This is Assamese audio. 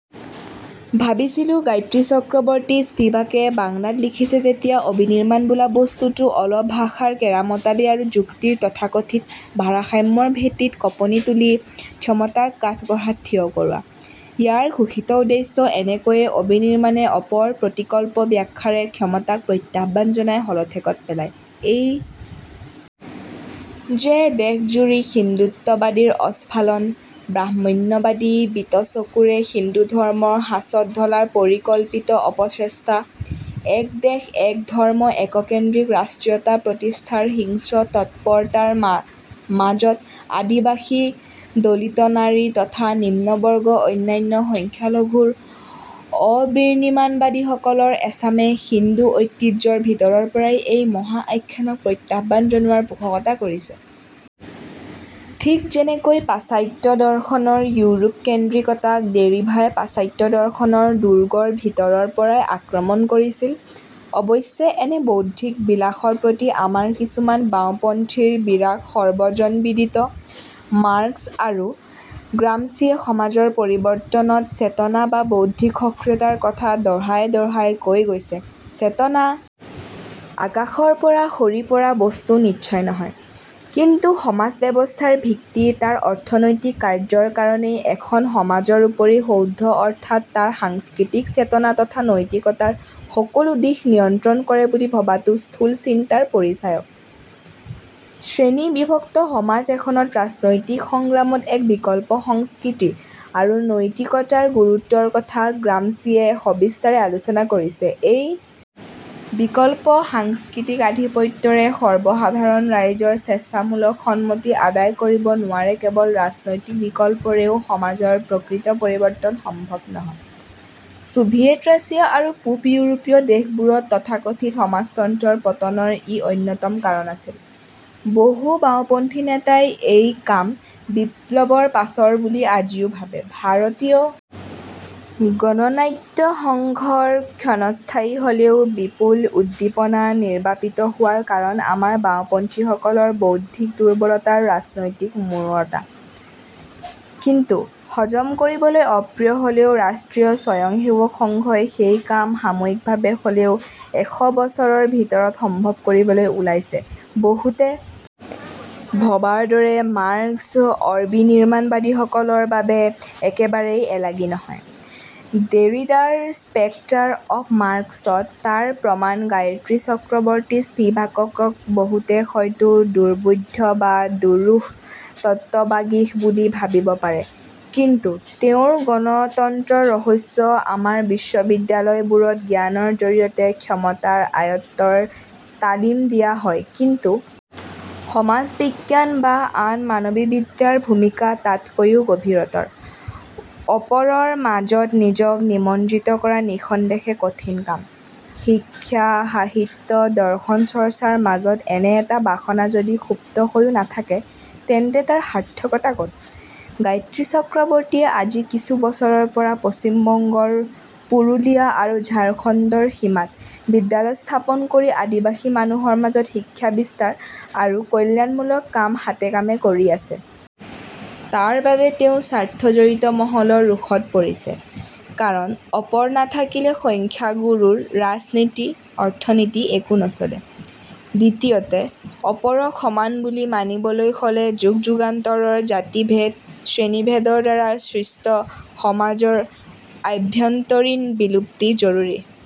ভাবিছিলোঁ গায়ত্ৰী চক্ৰবৰ্তী স্পিভাকে বাংলাত লিখিছে যেতিয়া অবিনিৰ্মাণ বোলা বস্তুটো অলপ ভাষাৰ কেৰামতালি আৰু যুক্তিৰ তথাকথিত ভাৰসাম্যৰ ভেটিত কঁপনি তুলি ক্ষমতাক কাঠগড়াত থিয় কৰোৱা। ইয়াৰ ঘোষিত উদ্দেশ্য এনেকৈয়ে অবিনিৰ্মাণে অপৰ প্ৰতিকল্প ব্যাখ্যাৰে ক্ষমতাক প্ৰত্যাহ্বান জনায় শ'লঠেকত পেলায়। এই যে দেশজুৰি হিন্দুত্ববাদীৰ আস্ফালন, ব্ৰাহ্মণ্যবাদী বিতচকুৰে হিন্দুধৰ্মক সাঁচত ঢলাৰ পৰিকল্পিত অপচেষ্টা, এক দেশ‌ এক ধৰ্ম‌ এককেন্দ্ৰিক ৰাষ্ট্ৰীয়তা প্ৰতিষ্ঠাৰ হিংস্ৰ তৎপৰততাৰ মাজত আদিবাসী দলিত নাৰী তথা নিম্নবৰ্গ অন্যান্য সংখ্যালঘুৰ অবিনিৰ্মাণবাদীসকলৰ এচামে হিন্দু ঐতিহ্যৰ ভিতৰৰপৰাই এই মহা আখ্যানক প্ৰত্যাহ্বান জনোৱাৰ পোষকতা কৰিছে। ঠিক যেনেকৈ পাশ্চাত্য দৰ্শনৰ ইউৰোপকেন্দ্ৰিকতাক দেৰিডাই পাশ্চাত্য দৰ্শনৰ দুৰ্গৰ ভিতৰৰপৰাই আক্ৰমণ কৰিছিল। অৱশ্যে এনে বৌদ্ধিক বিলাসৰ প্ৰতি আমাৰ কিছুমান বাওঁপন্থীৰ বিৰাগ সৰ্বজনবিদিত। মাৰ্ক্স আৰু গ্ৰামছিয়ে সমাজৰ পৰিবৰ্তনত চেতনা বা বৌদ্ধিক সক্ৰিয়তাৰ কথা দঢ়াই দঢ়াই কৈ গৈছে। চেতনা আকাশৰপৰা সৰি পৰা বস্তু নিশ্চয় নহয়। কিন্তু সমাজ ব্যৱস্থাৰ ভিত্তি তাৰ অৰ্থনৈতিক কাৰ্য কাৰণেই এখন সমাজৰ উপৰি সৌধ অৰ্থাৎ তাৰ সাংস্কৃতিক চেতনা তথা নৈতিকতাৰ সকলো দিশ নিয়ন্ত্ৰণ কৰে বুলি ভবাটো স্থূল চিন্তাৰ পৰিচায়ক। শ্ৰেণীবিভক্ত সমাজ এখনত ৰাজনৈতিক সংগ্ৰামত এক বিকল্প সংস্কৃতি আৰু নৈতিকতাৰ গুৰুত্বৰ কথা গ্ৰামছিয়ে সবিস্তাৰে আলোচনা কৰিছে। এই বিকল্প সাংস্কৃতিক আধিপত্যৰে সৰ্বসাধাৰণ ৰাইজৰ স্বেচ্ছামূলক সন্মতি আদায় কৰিব নোৱাৰিলে কেৱল ৰাজনৈতিক বিপ্লৱেৰেও সমাজৰ প্ৰকৃত পৰিবৰ্তন সম্ভৱ নহ'ব। ছোভিয়েট ৰুছিয়া আৰু পূব ইউৰোপীয় দেশবোৰত তথাকথিত সমাজতন্ত্ৰৰ পতনৰ ই অন্যতম কাৰণ আছিল। বহু বাওঁপন্থী নেতাই এই কাম বিপ্লৱৰ পাছৰ বুলি আজিও ভাবে। ভাৰতীয় গণনাট্য সংঘৰ ক্ষণস্থায়ী হ'লেও বিপুল উদ্দীপনা নিৰ্বাপিত হোৱাৰ কাৰণ আমাৰ বাওঁপন্থীসকলৰ বৌদ্ধিক দুৰ্বলতা আৰু ৰাজনৈতিক মূঢ়তা। কিন্তু হজম কৰিবলৈ অপ্ৰিয় হ'লেও ৰাষ্ট্ৰীয় স্বয়ংসেৱক সংঘই সেই কাম সাময়িকভাবে হ'লেও এশ বছৰৰ ভিতৰত সম্ভৱ কৰিবলৈ ওলাইছে। বহুতে ভবাৰদৰে মাৰ্ক্স অবিনিৰ্মাণবাদীৰ বাবে একেবাৰে এলাগী নহয়। দেৰিডাৰ স্পেক্টাৰ অব মাৰ্ক্সত তাৰ প্ৰমাণ গায়ত্ৰী চক্ৰবৰ্তী স্পিভাকক বহুতে হয়তো দুৰ্বোধ্য বা দুৰূহ তত্ত্ববাগীশ বুলি ভাবিব পাৰে, কিন্তু তেওঁৰ গণতন্ত্ৰৰ ৰহস্য আমাৰ বিশ্ববিদ্যালয়বোৰত জ্ঞানৰ জৰিয়তে ক্ষমতা আয়ত্তৰ তালিম দিয়া হয়। কিন্তু সমাজবিজ্ঞান বা আন মানবীবিদ্যাৰ ভূমিকা তাতকৈয়ো গভীৰতৰ। অপৰৰ মাজত নিজক নিমজ্জিত কৰা নিঃসন্দেহে কঠিন কাম। শিক্ষা, সাহিত্য, দৰ্শন চৰ্চাৰ মাজত এনে এটা বাসনা যদি সুপ্ত হৈয়ো নাথাকে তেন্তে তাৰ সাৰ্থকতা ক'ত? গায়ত্ৰী চক্ৰবৰ্তীয়ে আজি কিছু বছৰৰপৰা পশ্চিমবংগৰ পুৰুলিয়া আৰু ঝাৰখণ্ডৰ সীমাত বিদ্যালয় স্থাপন কৰি আদিবাসী মানুহৰ মাজত শিক্ষাবিস্তাৰ আৰু কল্যাণমূলক কাম হাতেকামে কৰি আছে। তাৰ বাবে তেওঁ স্বাৰ্থজড়িত মহলৰ ৰোষত পৰিছে, কাৰণ অপৰ নাথাকিলে সংখ্যাগুৰুৰ ৰাজনীতি, অৰ্থনীতি একো নচলে। দ্বিতীয়তে অপৰক সমান বুলি মানিবলৈ হলে যুগযুগান্তৰৰ জাতিভেদ, শ্ৰেণীভেদৰ দ্বাৰা সৃষ্ট সমাজৰ আভ্যন্তৰীণ বিলুপ্তি জৰুৰী।